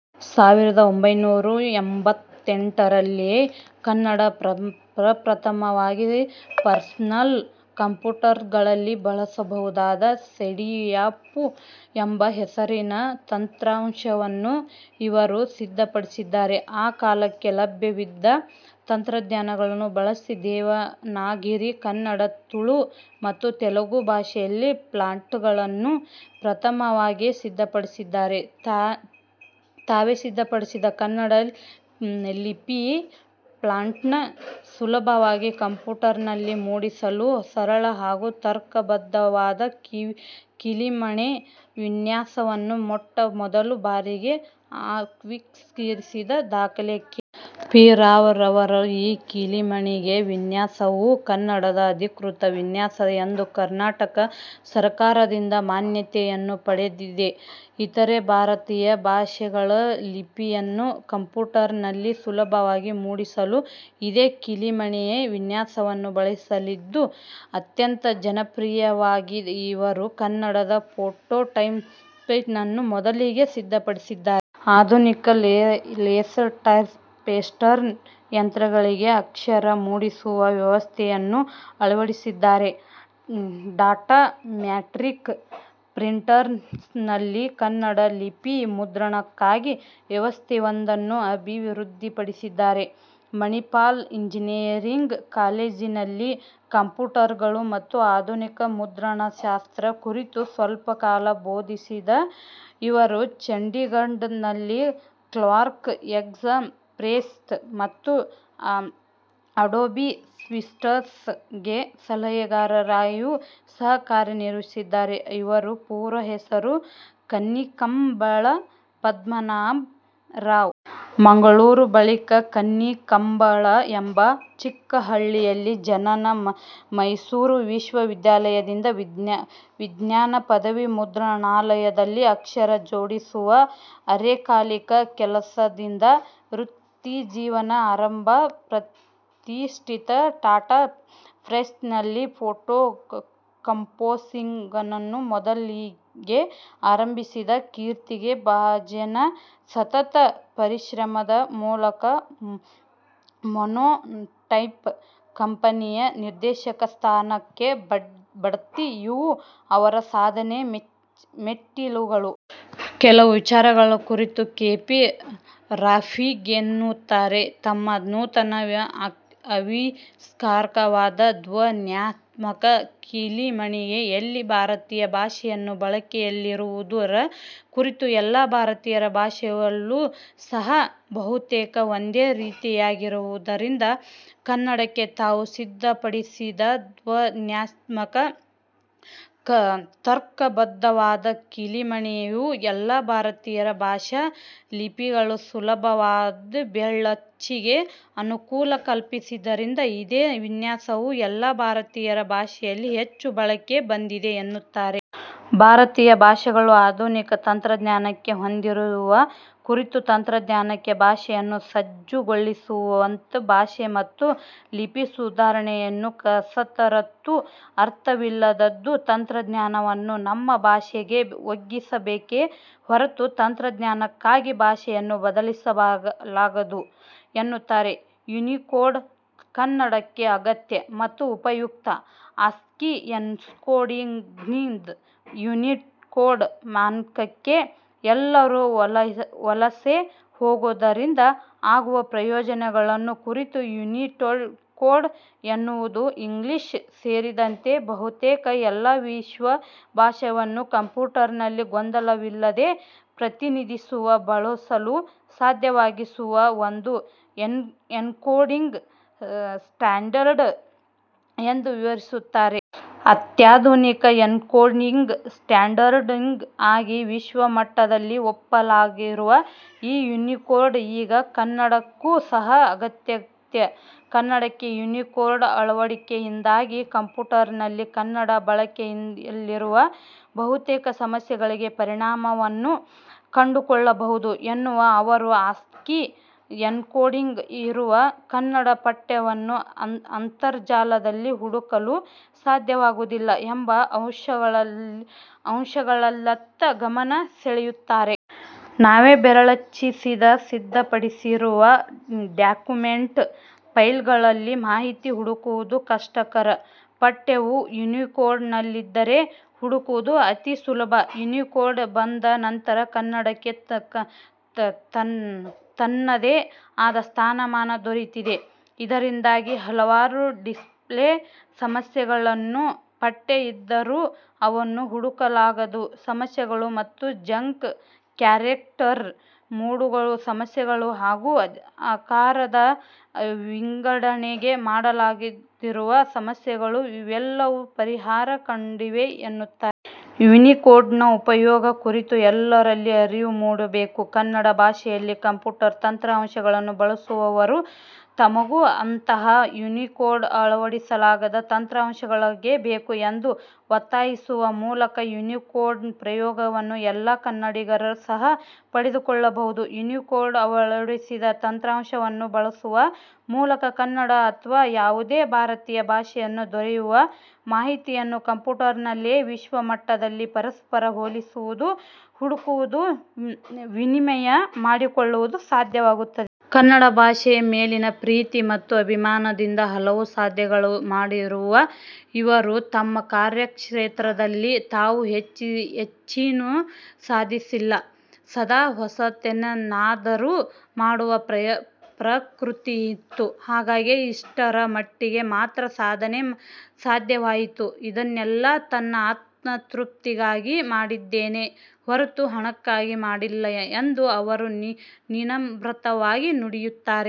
ಸಾವಿರದ ಒಂಭೈನೂರ ಎಂಬತ್ತೆಂಟರಲ್ಲಿಯೇ ಕನ್ನಡಕ್ಕೆ ಪ್ರಪ್ರಥಮವಾಗಿ ಪರ್ಸನಲ್ ಕಂಪ್ಯೂಟರ್ಗಳಲ್ಲಿ ಬಳಸಬಹುದಾದ ಸೇಡಿಯಾಪು' ಎಂಬ ಹೆಸರಿನ ತಂತ್ರಾಂಶವನ್ನು ಇವರು ಸಿದ್ಧಪಡಿಸಿದ್ದಾರೆ. ಆ ಕಾಲಕ್ಕೆ ಲಭ್ಯವಿದ್ದ ತಂತ್ರಜ್ಞಾನಗಳನ್ನು ಬಳಸಿ ದೇವನಾಗರಿ, ಕನ್ನಡ, ತುಳು ಮತ್ತು ತೆಲುಗು ಭಾಷೆಗಳ ಫಾಂಟ್ಗಳನ್ನು ಪ್ರಥಮವಾಗಿ ಸಿದ್ಧಪಡಿಸಿದ್ದಾರೆ. ತಾವೇ ಸಿದ್ಧಪಡಿಸಿದ ಕನ್ನಡ ಲಿಪಿಯ ಫಾಂಟ್ನ್ನು ಸುಲಭವಾಗಿ ಕಂಪ್ಯೂಟರ್ನಲ್ಲಿ ಮೂಡಿಸಲು ಸರಳ ಹಾಗೂ ತರ್ಕಬದ್ಧವಾದ ಕೀಲಿಮಣೆ ವಿನ್ಯಾಸವನ್ನು ಮೊಟ್ಟಮೊದಲ ಬಾರಿಗೆ ಆವಿಷ್ಕರಿಸಿದ ದಾಖಲೆ ಕೆ. ಪಿ ರಾವ್ ರವರದು. ಈ ಕೀಲಿಮಣೆ ವಿನ್ಯಾಸವು ಕನ್ನಡದ ಅಧಿಕೃತ ವಿನ್ಯಾಸ ಎಂದು ಕರ್ನಾಟಕ ಸರಕಾರದಿಂದ ಮಾನ್ಯತೆಯನ್ನು ಪಡೆದಿದೆ. ಇತರೆ ಭಾರತೀಯ ಭಾಷೆಗಳ ಲಿಪಿಯನ್ನು ಕಂಪ್ಯೂಟರ್ನಲ್ಲಿ ಸುಲಭವಾಗಿ ಮೂಡಿಸಲು ಇದೇ ಕೀಲಿಮಣೆ ವಿನ್ಯಾಸವು ಬಳಕೆಯಲ್ಲಿದ್ದು ಅತ್ಯಂತ ಜನಪ್ರಿಯವಾಗಿದೆ. ಇವರು ಕನ್ನಡದ ಫೋಟೋಟೈಪ್ ನನ್ನು ಮೊದಲಿಗೆ ಸಿದ್ಧಪಡಿಸಿದ್ದಾರೆ. ಆಧುನಿಕ ಲೇಸರ್ಟೈಪ್ಸೆಟ್ಟರ್ ಯಂತ್ರಗಳಿಗೆ ಅಕ್ಷರ ಮೂಡಿಸುವ ವ್ಯವಸ್ಥೆಯನ್ನು ಅಳವಡಿಸಿದ್ದಾರೆ. ಡಾಟ್ ಮ್ಯಾಟ್ರಿಕ್ಸ್ ಪ್ರಿಂಟರ್ನಲ್ಲಿ ಕನ್ನಡ ಲಿಪಿ ಮುದ್ರಣಕ್ಕಾಗಿ ವ್ಯವಸ್ಥೆಯೊಂದನ್ನು ಅಭಿವೃದ್ಧಿಪಡಿಸಿದ್ದಾರೆ. ಮಣಿಪಾಲ ಇಂಜಿನಿಯರಿಂಗ್ ಕಾಲೇಜಿನಲ್ಲಿ ಕಂಪ್ಯೂಟರ್ಗಳು ಮತ್ತು ಆಧುನಿಕ ಮುದ್ರಣಶಾಸ್ತ್ರ ಕುರಿತು ಸ್ವಲ್ಪಕಾಲ ಬೋಧಿಸಿದ ಇವರು ಚಂಡೀಗಢದಲ್ಲಿನ ಕ್ವಾರ್ಕ್ ಎಕ್ಸ್ ಪ್ರೆಸ್ ಮತ್ತು ಅಡೋಬಿ ಸಿಸ್ಟಂಸ್ ಗೆ ಸಲಹೆಗಾರರಾಗಿಯೂ ಸಹ ಕಾರ್ಯನಿರ್ವಹಿಸಿದ್ದಾರೆ ಇವರ ಪೂರ್ಣ ಹೆಸರು ಕನ್ನಿಕಂಬಳ ಪದ್ಮನಾಭ ರಾವ್. ಮಂಗಳೂರು ಬಳಿಯ ಕನ್ನಿಕಂಬಳ ಎಂಬ ಚಿಕ್ಕಹಳ್ಳಿಯಲ್ಲಿ ಜನನ. ಮೈಸೂರು ವಿಶ್ವ ವಿದ್ಯಾಲಯದಿಂದ ವಿಜ್ಞಾನ ಪದವಿ. ಮುದ್ರಣಾಲಯದಲ್ಲಿ ಅಕ್ಷರ ಜೋಡಿಸುವ ಅರೆಕಾಲಿಕ ಕೆಲಸದಿಂದ ವೃತ್ತಿಜೀವನ ಆರಂಭ. ಪ್ರತಿಷ್ಠಿತ ಟಾಟಾ ಪ್ರೆಸ್ನಲ್ಲಿ ಫೋಟೋಕಂಪೋಸಿಂಗನ್ನು ಮೊದಲಿಗೆ ಆರಂಭಿಸಿದ ಕೀರ್ತಿಗೆ ಭಾಜನ. ಸತತ ಪರಿಶ್ರಮದ ಮೂಲಕ ಮೊನೋಟೈಪ್ ಕಂಪನಿಯ ನಿರ್ದೇಶಕ ಸ್ಥಾನಕ್ಕೆ ಬಡ್ತಿ ಇವು ಅವರ ಸಾಧನೆಯ ಮೆಟ್ಟಿಲುಗಳು. ಕೆಲವು ವಿಚಾರಗಳ ಕುರಿತು ಕೆ. ಪಿ ರಾವ್ಹೀಗೆನ್ನುತ್ತಾರೆ ತಮ್ಮ ನೂತನ ಆವಿಷ್ಕಾರವಾದ ಧ್ವನ್ಯಾತ್ಮಕ ಕೀಲಿಮಣೆ ಎಲ್ಲ ಭಾರತೀಯ ಭಾಷೆಯಲ್ಲಿ ಬಳಕೆಯಲ್ಲಿರುವುದರ ಕುರಿತು ಎಲ್ಲಾ ಭಾರತೀಯ ಭಾಷೆಗಳೂ ಸಹ ಬಹುತೇಕ ಒಂದೇ ರೀತಿಯಾಗಿರುವುದರಿಂದ ಕನ್ನಡಕ್ಕೆ ತಾವು ಸಿದ್ಧಪಡಿಸಿದ ಧ್ವನ್ಯಾತ್ಮಕ, ತರ್ಕಬದ್ಧವಾದ ಕೀಲಿಮಣೆಯು ಎಲ್ಲಾ ಭಾರತೀಯ ಭಾಷಾ ಲಿಪಿಗಳ ಸುಲಭವಾದ ಬೆರಳಚ್ಚಿಗೆ ಅನುಕೂಲ ಕಲ್ಪಿಸಿದ್ದರಿಂದ ಇದೇ ವಿನ್ಯಾಸವು ಎಲ್ಲಾ ಭಾರತೀಯ ಭಾಷೆಗಳಲ್ಲಿ ಹೆಚ್ಚು ಬಳಕೆಗೆ ಬಂದಿದೆ ಎನ್ನುತ್ತಾರೆ. ಭಾರತೀಯ ಭಾಷೆಗಳನ್ನು ಆಧುನಿಕ ತಂತ್ರಜ್ಞಾನಕ್ಕೆ ಹೊಂದಿಸುವ ಕುರಿತು ತಂತ್ರಜ್ಞಾನಕ್ಕೆ ಭಾಷೆಯನ್ನು ಸಜ್ಜುಗೊಳಿಸುವತ್ತ ಭಾಷೆ ಮತ್ತು ಲಿಪಿ ಸುಧಾರಣೆಯ ಕಸರತ್ತು ಅರ್ಥವಿಲ್ಲದ್ದು, ತಂತ್ರಜ್ಞಾನವನ್ನು ನಮ್ಮ ಭಾಷೆಗೆ ಒಗ್ಗಿಸಬೇಕೆ ಹೊರತು ತಂತ್ರಜ್ಞಾನಕ್ಕಾಗಿ ಭಾಷೆಯನ್ನು ಬದಲಿಸಲಾಗದು ಎನ್ನುತ್ತಾರೆ. ಯುನಿಕೋಡ್ ಕನ್ನಡಕ್ಕೆ ಅಗತ್ಯ ಮತ್ತು ಉಪಯುಕ್ತ ಆಸ್ಕಿ ಎನ್ಕೋಡಿಂಗ್ನಿಂದ ಯುನಿಕೋಡ್ ಮಾನಕಕ್ಕೆ ಎಲ್ಲರೂ ವಲಸೆ ಹೋಗುವುದರಿಂದ ಆಗುವ ಪ್ರಯೋಜನಗಳನ್ನು ಕುರಿತು ಯುನಿಕೋಡ್ ಎನ್ನುವುದು ಇಂಗ್ಲಿಷ್ ಸೇರಿದಂತೆ ಬಹುತೇಕ ಎಲ್ಲಾ ವಿಶ್ವ ಭಾಷೆಗಳನ್ನು ಕಂಪ್ಯೂಟರ್ನಲ್ಲಿ ಗೊಂದಲವಿಲ್ಲದೆ ಪ್ರತಿನಿಧಿಸುವ, ಬಳಸಲು ಸಾಧ್ಯವಾಗಿಸುವ ಒಂದು ಎನ್ಕೋಡಿಂಗ್' ಸ್ಟ್ಯಾಂಡರ್ಡ್ ಎಂದು ವಿವರಿಸುತ್ತಾರೆ. ಅತ್ಯಾಧುನಿಕ ಎನ್ಕೋಡಿಂಗ್ ಸ್ಟ್ಯಾಂಡರ್ಡ್ ಆಗಿ ವಿಶ್ವ ಮಟ್ಟದಲ್ಲಿ ಒಪ್ಪಲಾಗಿರುವ ಈ ಯುನಿಕೋಡ್ ಈಗ ಕನ್ನಡಕ್ಕೂ ಸಹ ಅತ್ಯಗತ್ಯ. ಕನ್ನಡಕ್ಕೆ ಯುನಿಕೋಡ್ನ ಅಳವಡಿಕೆಯಿಂದಾಗಿ ಕಂಪ್ಯೂಟರ್ನಲ್ಲಿ ಕನ್ನಡದ ಬಳಕೆಯಲ್ಲಿರುವ ಬಹುತೇಕ ಸಮಸ್ಯೆಗಳಿಗೆ ಪರಿಹಾರವನ್ನು ಕಂಡುಕೊಳ್ಳಬಹುದು ಎನ್ನುವ ಅವರು, ಆಸ್ಕಿ ಎನ್ಕೋಡಿಂಗ್ ಇರುವ ಕನ್ನಡದ ಪಠ್ಯವನ್ನು ಅಂತರಜಾಲದಲ್ಲಿ ಹುಡುಕಲು ಸಾಧ್ಯವಾಗುವುದಿಲ್ಲ ಎಂಬ ಅಂಶಗಳತ್ತ ಗಮನ ಸೆಳೆಯುತ್ತಾರೆ. ನಾವೇ ಬೆರಳಚ್ಚಿಸಿ ಸಿದ್ಧಪಡಿಸಿರುವ ಡಾಕ್ಯುಮೆಂಟ್ ಫೈಲ್ಗಳಲ್ಲಿ ಮಾಹಿತಿ ಹುಡುಕುವುದು ಕಷ್ಟಕರ. ಪಠ್ಯವು ಯುನಿಕೋಡ್'ನಲ್ಲಿದ್ದರೆ, ಹುಡುಕುವುದು ಅತಿ ಸುಲಭ. ಯುನಿಕೋಡ್ ಬಂದ ನಂತರ ಕನ್ನಡಕ್ಕೆ ತನ್ನದೇ ಆದ ಸ್ಥಾನ-ಮಾನ ದೊರೆತಿದೆ. ಇದರಿಂದಾಗಿ, ಹಲವಾರು ಡಿಸ್ಪ್ಲೇ ಸಮಸ್ಯೆಗಳು, ಪಠ್ಯ ಇದ್ದರೂ ಅವನ್ನು ಹುಡುಕಲಾಗದ ಸಮಸ್ಯೆಗಳು ಮತ್ತು ಜಂಕ್ ಕ್ಯಾರೆಕ್ಟರ್ ಮೂಡುವ ಸಮಸ್ಯೆಗಳು ಹಾಗೂ ಅಕಾರಾದಿ ವಿಂಗಡಣೆ ಮಾಡಲಾಗದಿರುವ ಸಮಸ್ಯೆಗಳು ಇವೆಲ್ಲವು ಪರಿಹಾರ ಕಂಡಿವೆ ಎನ್ನುತ್ತಾರೆ. ಯುನಿಕೋಡ್ನ ಉಪಯೋಗ ಕುರಿತು ಎಲ್ಲರಲ್ಲಿ ಅರಿವು ಮೂಡಬೇಕು. ಕನ್ನಡ ಭಾಷೆಯಲ್ಲಿ ಕಂಪ್ಯೂಟರ್ ತಂತ್ರಾಂಶಗಳನ್ನು ಬಳಸುವವರು ತಮಗೂ ಅಂತಹ ಯುನಿಕೋಡ್ ಅಳವಡಿಸಲಾದ ತಂತ್ರಾಂಶಗಳೇ ಬೇಕು ಎಂದು ಒತ್ತಾಯಿಸುವ ಮೂಲಕ ಯುನಿಕೋಡ್ನ ಪ್ರಯೋಜನವನ್ನು ಎಲ್ಲಾ ಕನ್ನಡಿಗರೂ ಸಹ ಪಡೆದುಕೊಳ್ಳಬಹುದು. ಯುನಿಕೋಡ್ ಅಳವಡಿಸಿದ ತಂತ್ರಾಂಶಗಳನ್ನು ಬಳಸುವ ಮೂಲಕ ಕನ್ನಡದ ಅಥವಾ ಯಾವುದೇ ಭಾರತೀಯ ಭಾಷೆಯ ದೊರೆಯುವ ಮಾಹಿತಿಗಳನ್ನು ಕಂಪ್ಯೂಟರ್ನಲ್ಲಿಯೇ ವಿಶ್ವಮಟ್ಟದಲ್ಲಿ ಪರಸ್ಪರ ಹೋಲಿಸುವುದು, ಹುಡುಕುವುದು, ವಿನಿಮಯ ಮಾಡಿಕೊಳ್ಳುವುದು ಸಾಧ್ಯವಾಗುತ್ತದೆ. ಕನ್ನಡ ಭಾಷೆಯ ಮೇಲಿನ ಪ್ರೀತಿ ಮತ್ತು ಅಭಿಮಾನದಿಂದ ಹಲವು ಸಾಧನೆಗಳನ್ನು ಮಾಡಿರುವ ಇವರು ತಮ್ಮ ಕಾರ್ಯಕ್ಷೇತ್ರದಲ್ಲಿ ತಾವು ಹೆಚ್ಚೇನೂ ಸಾಧಿಸಿಲ್ಲ, ಸದಾ ಹೊಸತೇನನ್ನಾದರೂ ಮಾಡುವ ಪ್ರವೃತ್ತಿಯಿತ್ತು. ಹಾಗಾಗಿ ಇಷ್ಟರ ಮಟ್ಟಿಗೆ ಮಾತ್ರ ಸಾಧನೆ ಸಾಧ್ಯವಾಯಿತು. ಇದನ್ನೆಲ್ಲಾ ನನ್ನ ಆತ್ಮತೃಪ್ತಿಗಾಗಿ ಮಾಡಿದ್ದೇನೆ ಹೊರತು ಹಣಕ್ಕಾಗಿ ಮಾಡಿದ್ದಲ್ಲ ಎಂದು ಅವರು ವಿನಮ್ರವಾಗಿ ನುಡಿಯುತ್ತಾರೆ.